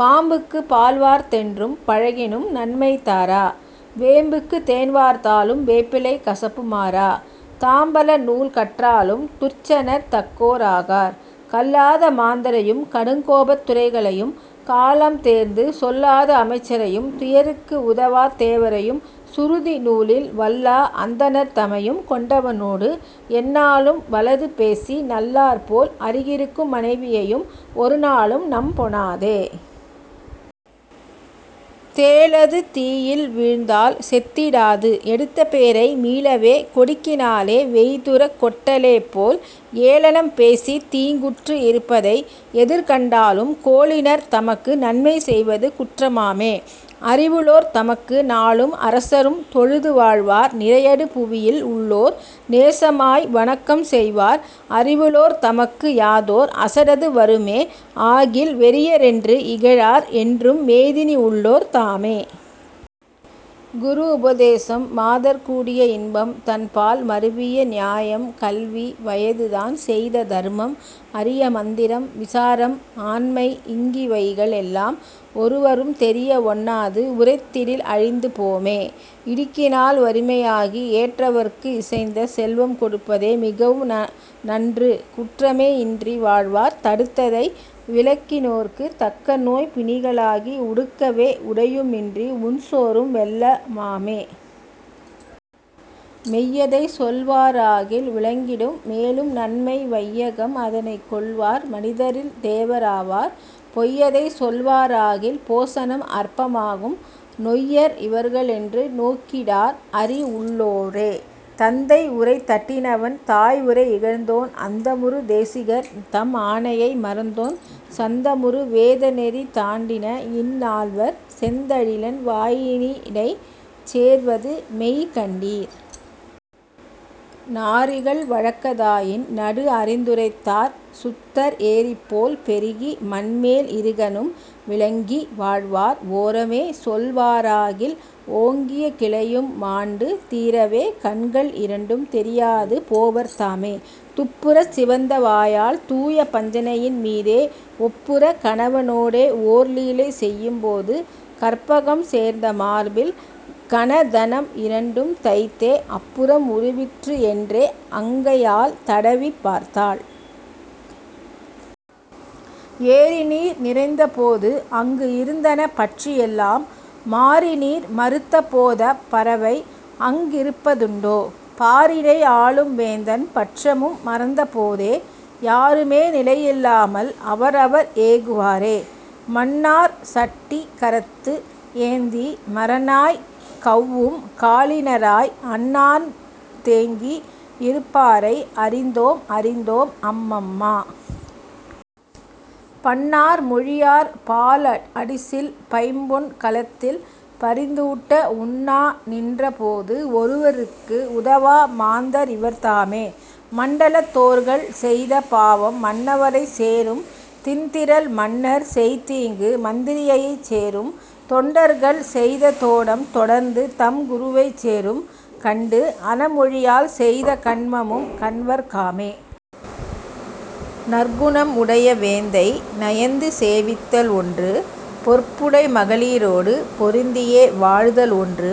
பாம்புக்கு பால்வார்த் தென்றும் பழகினும் நன்மை தாரா வேம்புக்கு தேன்வார்த்தாலும் வேப்பிலை கசப்பு மாறா தாம்பல நூல் கற்றாலும் துர்ச்சனர் தக்கோர் ஆகார். கல்லாத மாந்தரையும் கடுங்கோபத் துரைகளையும் காலம் தேர்ந்து சொல்லாத அமைச்சரையும் துயர்க்கு உதவாத் தேவரையும் சுருதி நூலில் வல்லா அந்தணர் தமையும் கொண்டவனோடு எந்நாளும் வலது பேசி நல்லார் போல் அருகிருக்கும் மனைவியையும் ஒருநாளும் நம்பொணாதே. தேளது தீயில் வீழ்ந்தால் செத்திடாது எடுத்தபேரை மீளவே கொடுக்கினாலே வெய்துறக் கொட்டலேபோல் ஏளனம் பேசித் தீங்குற்று இருப்பதை எதிர்கண்டாலும் கோளினர் தமக்கு நன்மை செய்வது குற்றமாமே. அறிவுளோர் தமக்கு நாளும் அரசரும் தொழுது வாழ்வார் நிறையடு புவியில் உள்ளோர் நேசமாய் வணக்கம் செய்வார் அறிவுளோர் தமக்கு யாதோர் அசடது வருமே ஆகில் வெறியரென்று இகழார் என்றும் மேதினி உள்ளோர் தாமே. குரு உபதேசம் மாதர்கூடிய இன்பம் தன்பால் மருவிய நியாயம் கல்வி வயது தான் செய்த தர்மம் அரிய மந்திரம் விசாரம் ஆண்மை இங்கிவைகள் எல்லாம் ஒருவரும் தெரிய ஒண்ணாது உரைத்திடில் அழிந்து போமே. இடுக்கினால் வறுமையாகி ஏற்றவர்க்கு இசைந்த செல்வம் கொடுப்பதே மிகவும் நன்று குற்றமே இன்றி வாழ்வார் தடுத்ததை விலக்கினோர்க்குத் தக்கநோய் பிணிகளாகி உடுக்கவே உடையும் இன்றி உண்சோறும் வெல்லமாமே. மெய்யதை சொல்வாராகில் விளங்கிடும் மேலும் நன்மை வையகம் அதனைக் கொள்வார் மனிதரில் தேவர் ஆவார் பொய்யதை சொல்வாராகில் போசனம் அற்பமாகும் நொய்யர் இவர்கள் என்று நோக்கிடார் அறிஉள்ளோரே. தந்தை உரை தட்டினவன் தாய் உரை இகழ்ந்தோன் அந்தமுறு தேசிகர் தம் ஆணையை மறந்தோன் சந்தமுறு வேத நெறி தாண்டின இந்நால்வர் செந்தழலின் வாயினிடைச் சேர்வது மெய் கண்டீர். நாரிகள் வழக்கதாயின் நடு அறிந்துரைத்தார் சுத்தர் ஏரிபோல் பெருகி மண்மேல் இருகணும் விளங்கி வாழ்வார் ஓரமே சொல்வாராகில் ஓங்கிய கிளையும் மாண்டு தீரவே கண்கள் இரண்டும் தெரியாது போவர்தாமே. துப்புறச் சிவந்தவாயாள் தூய பஞ்சணையின் மீதே ஒப்புறக் கணவனோடே ஓர்லீலை செய்யும் போது கற்பகம் சேர்ந்த மார்பில் கனதனம் இரண்டும் தைத்தே அப்புறம் உருவிற்று என்றே அங்கையால் தடவிப் பார்த்தாள். ஏரிநீர் நிறைந்த போது அங்கு இருந்தன பட்சி எல்லாம் மாரிநீர் மறுத்த போதப் பறவை அங்கிருப்பதுண்டோ? பாரினை ஆளும் வேந்தன் பட்சமும் மறந்தபோதே யாருமே நிலையில்லாமல் அவரவர் ஏகுவாரே. மண்ணார் சட்டி கரத்து ஏந்தி மரநாய் கௌவும் காலினராய் அண்ணார்ந் தேங்கி இருப்பாரை அறிந்தோம் அறிந்தோம் அம்மம்மா! பண்ணார் மொழியார் பால் அடிசில் பைம்பொன் கலத்தில் பரிந்தூட்ட உண்ணா நின்ற போது ஒருவர்க்கு உதவா மாந்தர் இவர்தாமே! மண்டலத்தோர்கள் செய்த பாவம் மன்னவரைச் சேரும் திண்திறல் மன்னர் செய்தீங்கு மந்திரியைச் சேரும் தொண்டர்கள் செய்த தோடம் தொடர்ந்து தம் குருவைச் சேரும் கண்டுஅன மொழியாள் செய்த கன்மமும் கண்வர்க் காமே. நற்குணம் உடைய வேந்தை நயந்து சேவித்தல் ஒன்று பொற்புடை மகளிரோடு பொருந்தியே வாழ்தல் ஒன்று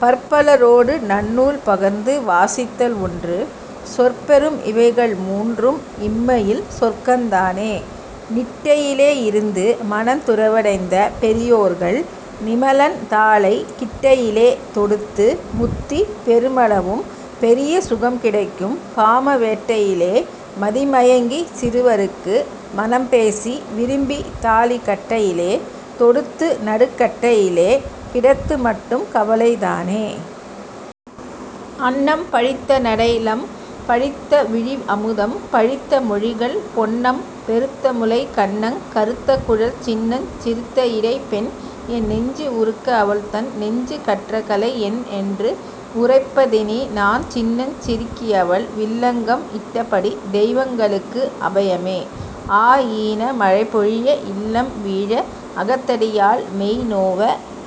பற்பலரோடு நன்னூல் பகர்ந்து வாசித்தல் ஒன்று சொற்பெறும் இவைகள் மூன்றும் இம்மையில் சொர்க்கந் தானே. நிட்டையிலே இருந்து மனத் துறவடைந்த பெரியோர்கள் நிமலன் தாளைக் கிட்டையிலே தொடுத்து முத்தி பெருமளவும் பெரிய சுகம் கிடைக்கும் காம வேட்டையிலே மதிமயங்கிச் சிறுவருக்கு மணம்பேசி விரும்பித் தாலி கட்டையிலே தொடுத்து நடுக் கட்டையிலே கிடத்துமட்டும் கவலை தானே. அன்னம் பழித்தநடைலம் பழித்த விழி அமுதம் பழித்த மொழிகள் பொன்னம் பெருத்த முலை கன்னங் கறுத்த குழல் சின்னஞ் சிறுத்த இடை பெண் என் நெஞ்சு உருக்க அவள்தன் நெஞ்சு கற்றகலை என்என்று உரைப்பதினி நான் சின்னஞ் சிறுக்கியவள் வில்லங்கம் இட்டபடி தெய்வங்களுக்கு அபயமே! ஆஈன மழைபொழிய இல்லம் வீழ அகத்தடியாள் மெய்நோவ